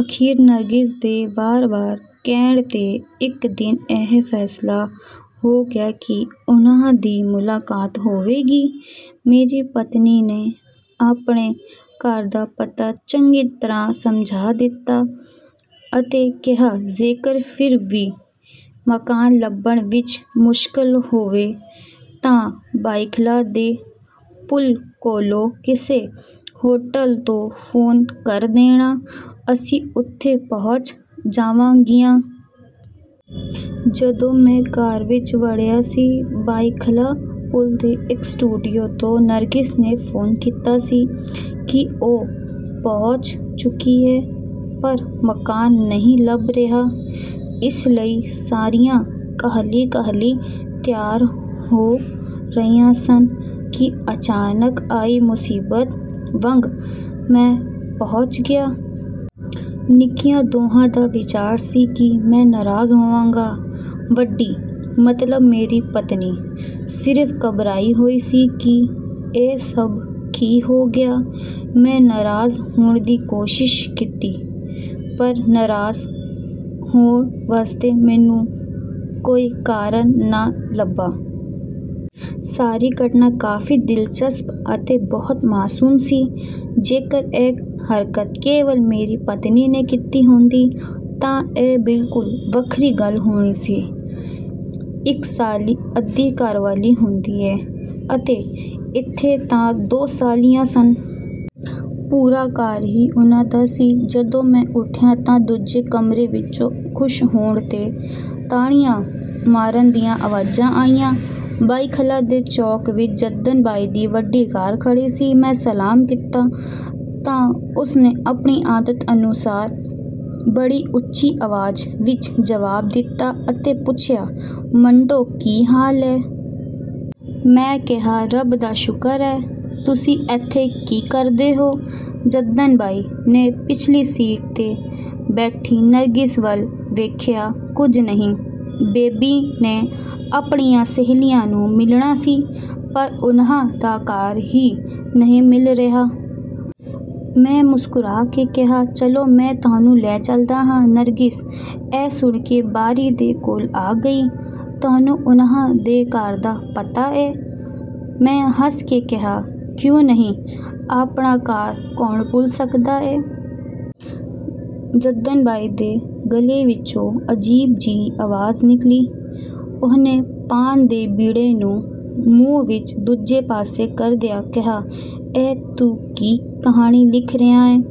ਅਖੀਰ ਨਰਗਿਸ ਦੇ ਵਾਰ ਵਾਰ ਕਹਿਣ 'ਤੇ ਇੱਕ ਦਿਨ ਇਹ ਫ਼ੈਸਲਾ ਹੋ ਗਿਆ ਕਿ ਉਨ੍ਹਾਂ ਦੀ ਮੁਲਾਕਾਤ ਹੋਵੇਗੀ। ਮੇਰੀ ਪਤਨੀ ਨੇ ਆਪਣੇ ਘਰ ਦਾ ਪਤਾ ਚੰਗੀ ਤਰ੍ਹਾਂ ਸਮਝਾ ਦਿੱਤਾ ਅਤੇ ਕਿਹਾ, ਜੇਕਰ ਫਿਰ ਵੀ ਮਕਾਨ ਲੱਭਣ ਵਿੱਚ ਮੁਸ਼ਕਲ ਹੋਵੇ ਤਾਂ ਬਾਈਖਲਾ ਦੇ ਪੁਲ ਕੋਲੋਂ ਕਿਸੇ ਹੋਟਲ ਤੋਂ ਫੋਨ ਕਰ ਦੇਣਾ, ਅਸੀਂ ਉੱਥੇ ਪਹੁੰਚ ਜਾਵਾਂਗੀਆਂ। ਜਦੋਂ ਮੈਂ ਘਰ ਵਿੱਚ ਵੜਿਆ ਸੀ, ਬਾਈਖਲਾ ਪੁਲ ਦੇ ਇੱਕ ਸਟੂਡੀਓ ਤੋਂ ਨਰਗਿਸ ਨੇ ਫੋਨ ਕੀਤਾ ਸੀ ਕਿ ਉਹ ਪਹੁੰਚ ਚੁੱਕੀ ਏ, ਪਰ ਮਕਾਨ ਨਹੀਂ ਲੱਭ ਰਿਹਾ। ਇਸ ਲਈ ਸਾਰੀਆਂ ਕਾਹਲੀ ਕਾਹਲੀ ਤਿਆਰ ਹੋ ਰਹੀਆਂ ਸਨ ਕਿ ਅਚਾਨਕ ਆਈ ਮੁਸੀਬਤ ਵਾਂਗ ਮੈਂ ਪਹੁੰਚ ਗਿਆ। ਨਿੱਕੀਆਂ ਦੋਹਾਂ ਦਾ ਵਿਚਾਰ ਸੀ ਕਿ ਮੈਂ ਨਾਰਾਜ਼ ਹੋਵਾਂਗਾ। ਵੱਡੀ, ਮਤਲਬ ਮੇਰੀ ਪਤਨੀ, ਸਿਰਫ਼ ਘਬਰਾਈ ਹੋਈ ਸੀ ਕਿ ਇਹ ਸਭ ਕੀ ਹੋ ਗਿਆ। ਮੈਂ ਨਾਰਾਜ਼ ਹੋਣ ਦੀ ਕੋਸ਼ਿਸ਼ ਕੀਤੀ, ਪਰ ਨਾਰਾਜ਼ ਹੋਣ ਵਾਸਤੇ ਮੈਨੂੰ ਕੋਈ ਕਾਰਨ ਨਾ ਲੱਭਾ। ਸਾਰੀ ਘਟਨਾ ਕਾਫ਼ੀ ਦਿਲਚਸਪ ਅਤੇ ਬਹੁਤ ਮਾਸੂਮ ਸੀ। ਜੇਕਰ ਇਹ ਹਰਕਤ ਕੇਵਲ ਮੇਰੀ ਪਤਨੀ ਨੇ ਕੀਤੀ ਹੁੰਦੀ ਤਾਂ ਇਹ ਬਿਲਕੁਲ ਵੱਖਰੀ ਗੱਲ ਹੋਣੀ ਸੀ। ਇੱਕ ਸਾਲੀ ਅੱਧੀ ਘਰ ਵਾਲੀ ਹੁੰਦੀ ਏ ਅਤੇ ਇੱਥੇ ਤਾਂ ਦੋ ਸਾਲੀਆਂ ਸਨ। ਪੂਰਾ ਘਰ ਹੀ ਉਨ੍ਹਾਂ ਦਾ ਸੀ। ਜਦੋਂ ਮੈਂ ਉੱਠਿਆ ਤਾਂ ਦੂਜੇ ਕਮਰੇ ਵਿੱਚੋਂ ਖੁਸ਼ ਹੋਣ 'ਤੇ ਤਾੜੀਆਂ ਮਾਰਨ ਦੀਆਂ ਆਵਾਜ਼ਾਂ ਆਈਆਂ। ਬਾਈਖਲਾ ਦੇ ਚੌਕ ਵਿੱਚ ਜੱਦਨ ਬਾਈ ਦੀ ਵੱਡੀ ਕਾਰ ਖੜ੍ਹੀ ਸੀ। ਮੈਂ ਸਲਾਮ ਕੀਤਾ ਤਾਂ ਉਸ ਨੇ ਆਪਣੀ ਆਦਤ ਅਨੁਸਾਰ ਬੜੀ ਉੱਚੀ ਆਵਾਜ਼ ਵਿੱਚ ਜਵਾਬ ਦਿੱਤਾ ਅਤੇ ਪੁੱਛਿਆ, ਮੰਟੋ ਕੀ ਹਾਲ ਏ? ਮੈਂ ਕਿਹਾ, ਰੱਬ ਦਾ ਸ਼ੁਕਰ ਏ। ਤੁਸੀਂ ਏਥੇ ਕੀ ਕਰਦੇ ਹੋ? ਜੱਦਨ ਬਾਈ ਨੇ ਪਿਛਲੀ ਸੀਟ 'ਤੇ ਬੈਠੀ ਨਰਗਿਸ ਵੱਲ ਵੇਖਿਆ, ਕੁਝ ਨਹੀਂ। ਬੇਬੀ ਨੇ ਆਪਣੀਆਂ ਸਹੇਲੀਆਂ ਨੂੰ ਮਿਲਣਾ ਸੀ, ਪਰ ਉਨ੍ਹਾਂ ਦਾ ਘਰ ਹੀ ਨਹੀਂ ਮਿਲ ਰਿਹਾ। ਮੈਂ ਮੁਸਕਰਾ ਕੇ ਕਿਹਾ, ਚਲੋ, ਮੈਂ ਤੁਹਾਨੂੰ ਲੈ ਚਲਦਾ ਹਾਂ। ਨਰਗਿਸ ਇਹ ਸੁਣ ਕੇ ਬਾਰੀ ਦੇ ਕੋਲ ਆ ਗਈ, ਤੁਹਾਨੂੰ ਉਨ੍ਹਾਂ ਦੇ ਘਰ ਦਾ ਪਤਾ ਏ? ਮੈਂ ਹੱਸ ਕੇ ਕਿਹਾ, ਕਿਉਂ ਨਹੀਂ, ਆਪਣਾ ਘਰ ਕੌਣ ਭੁੱਲ ਸਕਦਾ ਏ? ਜੱਦਨ ਬਾਈ ਦੇ ਗਲੇ ਵਿੱਚੋਂ ਅਜੀਬ ਜਿਹੀ ਆਵਾਜ਼ ਨਿਕਲੀ। ਉਹਨੇ ਪਾਨ ਦੇ ਬੀੜੇ ਨੂੰ ਮੂੰਹ ਵਿੱਚ ਦੂਜੇ ਪਾਸੇ ਕਰਦਿਆਂ ਕਿਹਾ, ਇਹ ਤੂੰ ਕੀ ਕਹਾਣੀ ਲਿਖ ਰਿਹਾ ਏਂ?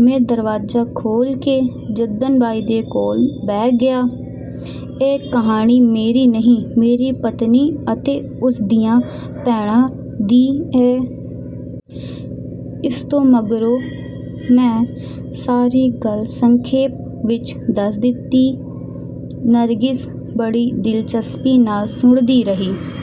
ਮੈਂ ਦਰਵਾਜ਼ਾ ਖੋਲ੍ਹ ਕੇ ਜੱਦਨ ਬਾਈ ਦੇ ਕੋਲ ਬਹਿ ਗਿਆ, ਇਹ ਕਹਾਣੀ ਮੇਰੀ ਨਹੀਂ, ਮੇਰੀ ਪਤਨੀ ਅਤੇ ਉਸ ਦੀਆਂ ਭੈਣਾਂ ਦੀ ਏ। ਇਸ ਤੋਂ ਮਗਰੋਂ ਮੈਂ ਸਾਰੀ ਗੱਲ ਸੰਖੇਪ ਵਿੱਚ ਦੱਸ ਦਿੱਤੀ। ਨਰਗਿਸ ਬੜੀ ਦਿਲਚਸਪੀ ਨਾਲ ਸੁਣਦੀ ਰਹੀ।